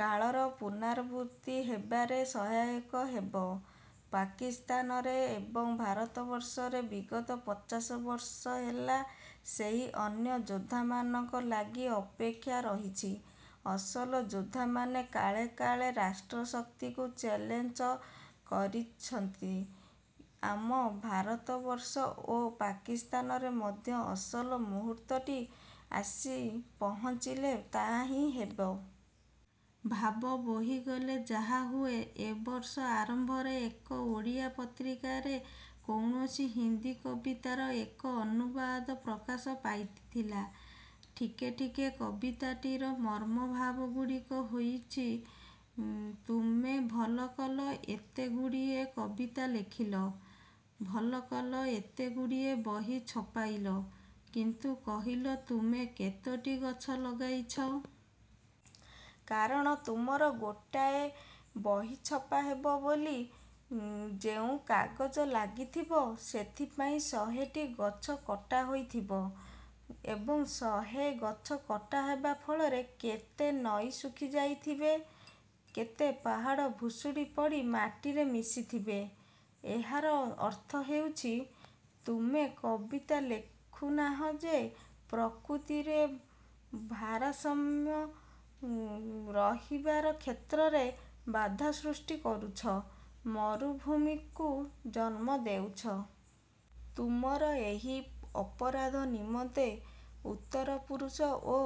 କାଳର ପୁନରାବୃତ୍ତି ହେବାରେ ସହାୟକ ହେବ। ପାକିସ୍ତାନରେ ଏବଂ ଭାରତବର୍ଷରେ ବିଗତ ପଚାଶବର୍ଷ ହେଲା ସେହି ଅନ୍ୟ ଯୋଦ୍ଧାମାନଙ୍କ ଲାଗି ଅପେକ୍ଷା ରହିଛି। ଅସଲ ଯୋଦ୍ଧାମାନେ କାଳେ କାଳେ ରାଷ୍ଟ୍ରଶକ୍ତିକୁ ଚ୍ୟାଲେଞ୍ଜ କରିଛନ୍ତି। ଆମ ଭାରତବର୍ଷ ଓ ପାକିସ୍ତାନରେ ମଧ୍ୟ ଅସଲ ମୁହୂର୍ତ୍ତଟି ଆସି ପହଞ୍ଚିଲେ ତାହାହିଁ ହେବ। ଭାବ ବୋହିଗଲେ ଯାହା ହୁଏ ଏବର୍ଷ ଆରମ୍ଭରେ ଏକ ଓଡ଼ିଆ ପତ୍ରିକାରେ କୌଣସି ହିନ୍ଦି କବିତାର ଏକ ଅନୁବାଦ ପ୍ରକାଶ ପାଇଥିଲା। ଠିକେ ଠିକେ କବିତାଟିର ମର୍ମଭାବଗୁଡ଼ିକ ହେଉଛି ତୁମେ ଭଲ କଲ ଏତେଗୁଡ଼ିଏ କବିତା ଲେଖିଲ, ଭଲ କଲ ଏତେଗୁଡ଼ିଏ ବହି ଛପାଇଲ। କିନ୍ତୁ କହିଲ ତୁମେ କେତୋଟି ଗଛ ଲଗାଇଛ। କାରଣ ତୁମର ଗୋଟାଏ ବହି ଛପାହେବ ବୋଲି ଯେଉଁ କାଗଜ ଲାଗିଥିବ, ସେଥିପାଇଁ ଶହେଟି ଗଛ କଟାହୋଇ ଥିବ। ଏବଂ ଶହେ ଗଛ କଟା ହେବା ଫଳରେ କେତେ ନଈ ଶୁଖି ଯାଇଥିବେ, କେତେ ପାହାଡ଼ ଭୁଷୁଡ଼ି ପଡ଼ି ମାଟିରେ ମିଶିଥିବେ। ଏହାର ଅର୍ଥ ହେଉଛି, ତୁମେ କବିତା ଲେଖୁନାହଁ ଯେ ପ୍ରକୃତିରେ ଭାରସମ୍ୟ ରହିବାର କ୍ଷେତ୍ରରେ ବାଧା ସୃଷ୍ଟି କରୁଛ, ମରୁଭୂମିକୁ ଜନ୍ମ ଦେଉଛ। ତୁମର ଏହି ଅପରାଧ ନିମନ୍ତେ ଉତ୍ତର ପୁରୁଷ ଓ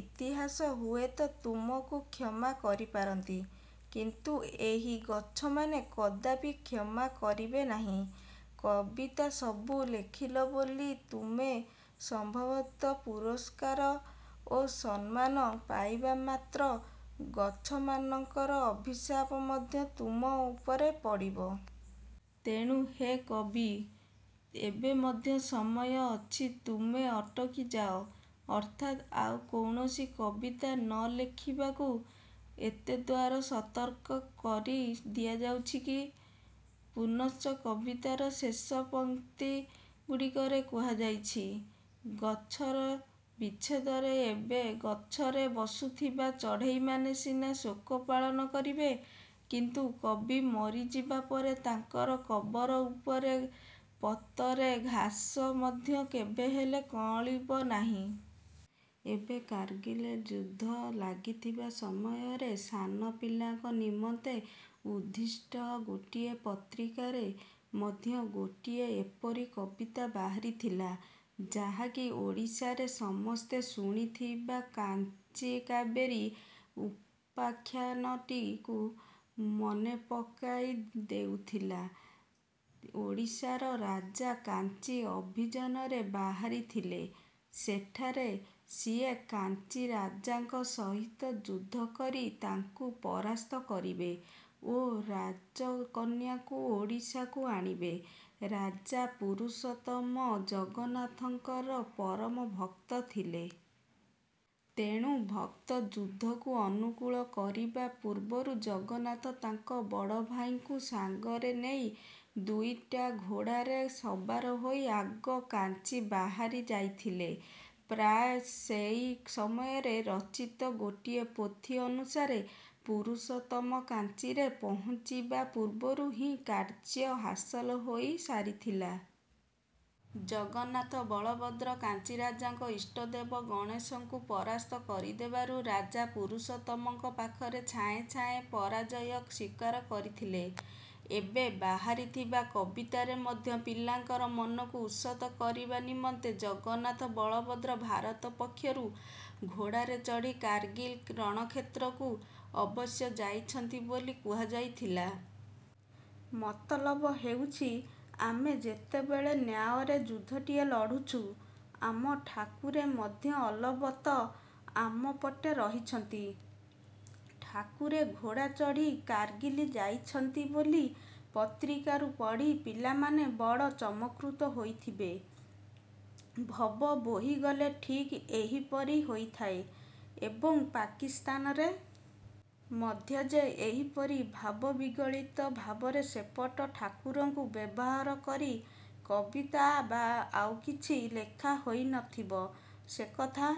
ଇତିହାସ ହୁଏତ ତୁମକୁ କ୍ଷମା କରିପାରନ୍ତି। କିନ୍ତୁ ଏହି ଗଛମାନେ କଦାପି କ୍ଷମା କରିବେ ନାହିଁ। କବିତା ସବୁ ଲେଖିଲ ବୋଲି ତୁମେ ସମ୍ଭବତଃ ପୁରସ୍କାର ଓ ସମ୍ମାନ ପାଇବ ମାତ୍ର ଗଛମାନଙ୍କର ଅଭିଶାପ ମଧ୍ୟ ତୁମ ଉପରେ ପଡ଼ିବ। ତେଣୁ ହେ କବି, ଏବେ ମଧ୍ୟ ସମୟ ଅଛି ତୁମେ ଅଟକିଯାଅ ଅର୍ଥାତ୍ ଆଉ କୌଣସି କବିତା ନ ଲେଖିବାକୁ ଏତଦ୍ଦ୍ୱାରା ସତର୍କ କରି ଦିଆଯାଇଛି କି? ପୁନଶ୍ଚ କବିତାର ଶେଷ ପଂକ୍ତି ଗୁଡ଼ିକରେ କୁହାଯାଇଛି, ଗଛର ବିଚ୍ଛେଦରେ ଏବେ ଗଛରେ ବସୁଥିବା ଚଢ଼େଇମାନେ ସିନା ଶୋକ ପାଳନ କରିବେ କିନ୍ତୁ କବି ମରିଯିବା ପରେ ତାଙ୍କର କବର ଉପରେ ପତରେ ଘାସ ମଧ୍ୟ କେବେହେଲେ କଅଁଳିବ ନାହିଁ। ଏବେ କାରଗିଲ୍ରେ ଯୁଦ୍ଧ ଲାଗିଥିବା ସମୟରେ ସାନ ପିଲାଙ୍କ ନିମନ୍ତେ ଉଦ୍ଦିଷ୍ଟ ଗୋଟିଏ ପତ୍ରିକାରେ ମଧ୍ୟ ଗୋଟିଏ ଏପରି କବିତା ବାହାରିଥିଲା ଯାହାକି ଓଡ଼ିଶାରେ ସମସ୍ତେ ଶୁଣିଥିବା କାଞ୍ଚି କାବେରୀ ଉପାଖ୍ୟାନଟିକୁ ମନେପକାଇ ଦେଉଥିଲା। ଓଡ଼ିଶାର ରାଜା କାଞ୍ଚି ଅଭିଯାନରେ ବାହାରିଥିଲେ। ସେଠାରେ ସିଏ କାଞ୍ଚି ରାଜାଙ୍କ ସହିତ ଯୁଦ୍ଧ କରି ତାଙ୍କୁ ପରାସ୍ତ କରିବେ ଓ ରାଜକନ୍ୟାକୁ ଓଡ଼ିଶାକୁ ଆଣିବେ, ରାଜା ପୁରୁଷୋତ୍ତମ ଜଗନ୍ନାଥଙ୍କର ପରମ ଭକ୍ତ ଥିଲେ। ତେଣୁ ଭକ୍ତ ଯୁଦ୍ଧକୁ ଅନୁକୂଳ କରିବା ପୂର୍ବରୁ ଜଗନ୍ନାଥ ତାଙ୍କ ବଡ଼ଭାଇଙ୍କୁ ସାଙ୍ଗରେ ନେଇ ଦୁଇଟା ଘୋଡ଼ାରେ ସବାର ହୋଇ ଆଗ କାଞ୍ଚି ବାହାରି ଯାଇଥିଲେ। ପ୍ରାୟ ସେହି ସମୟରେ ରଚିତ ଗୋଟିଏ ପୋଥି ଅନୁସାରେ ପୁରୁଷୋତ୍ତମ କାଞ୍ଚିରେ ପହଞ୍ଚିବା ପୂର୍ବରୁ ହିଁ କାର୍ଯ୍ୟ ହାସଲ ହୋଇ ସାରିଥିଲା। ଜଗନ୍ନାଥ ବଳଭଦ୍ର କାଞ୍ଚିରାଜାଙ୍କ ଇଷ୍ଟଦେବ ଗଣେଶଙ୍କୁ ପରାସ୍ତ କରିଦେବାରୁ ରାଜା ପୁରୁଷୋତ୍ତମଙ୍କ ପାଖରେ ଛାଏଁ ଛାଏଁ ପରାଜୟ ସ୍ୱୀକାର କରିଥିଲେ। ଏବେ ବାହାରିଥିବା କବିତାରେ ମଧ୍ୟ ପିଲାଙ୍କର ମନକୁ ଉଷତ କରିବା ନିମନ୍ତେ ଜଗନ୍ନାଥ ବଳଭଦ୍ର ଭାରତ ପକ୍ଷରୁ ଘୋଡ଼ାରେ ଚଢ଼ି କାରଗିଲ୍ ରଣକ୍ଷେତ୍ରକୁ ଅବଶ୍ୟ ଯାଇଛନ୍ତି ବୋଲି କୁହାଯାଇଥିଲା। ମତଲବ ହେଉଛି ଆମେ ଯେତେବେଳେ ନ୍ୟାୟରେ ଯୁଦ୍ଧଟିଏ ଲଢୁଛୁ, ଆମ ଠାକୁରେ ମଧ୍ୟ ଅଲବତ ଆମ ପଟେ ରହିଛନ୍ତି। ଠାକୁରେ ଘୋଡ଼ା ଚଢ଼ି କାରଗିଲ୍ ଯାଇଛନ୍ତି ବୋଲି ପତ୍ରିକାରୁ ପଢ଼ି ପିଲାମାନେ ବଡ଼ ଚମତ୍କୃତ ହୋଇଥିବେ। ଭାବ ବୋହିଗଲେ ଠିକ୍ ଏହିପରି ହୋଇଥାଏ। ଏବଂ ପାକିସ୍ତାନରେ ମଧ୍ୟ ଯେ ଏହିପରି ଭାବବିଗଳିତ ଭାବରେ ସେପଟ ଠାକୁରଙ୍କୁ ବ୍ୟବହାର କରି କବିତା ବା ଆଉ କିଛି ଲେଖା ହୋଇନଥିବ, ସେକଥା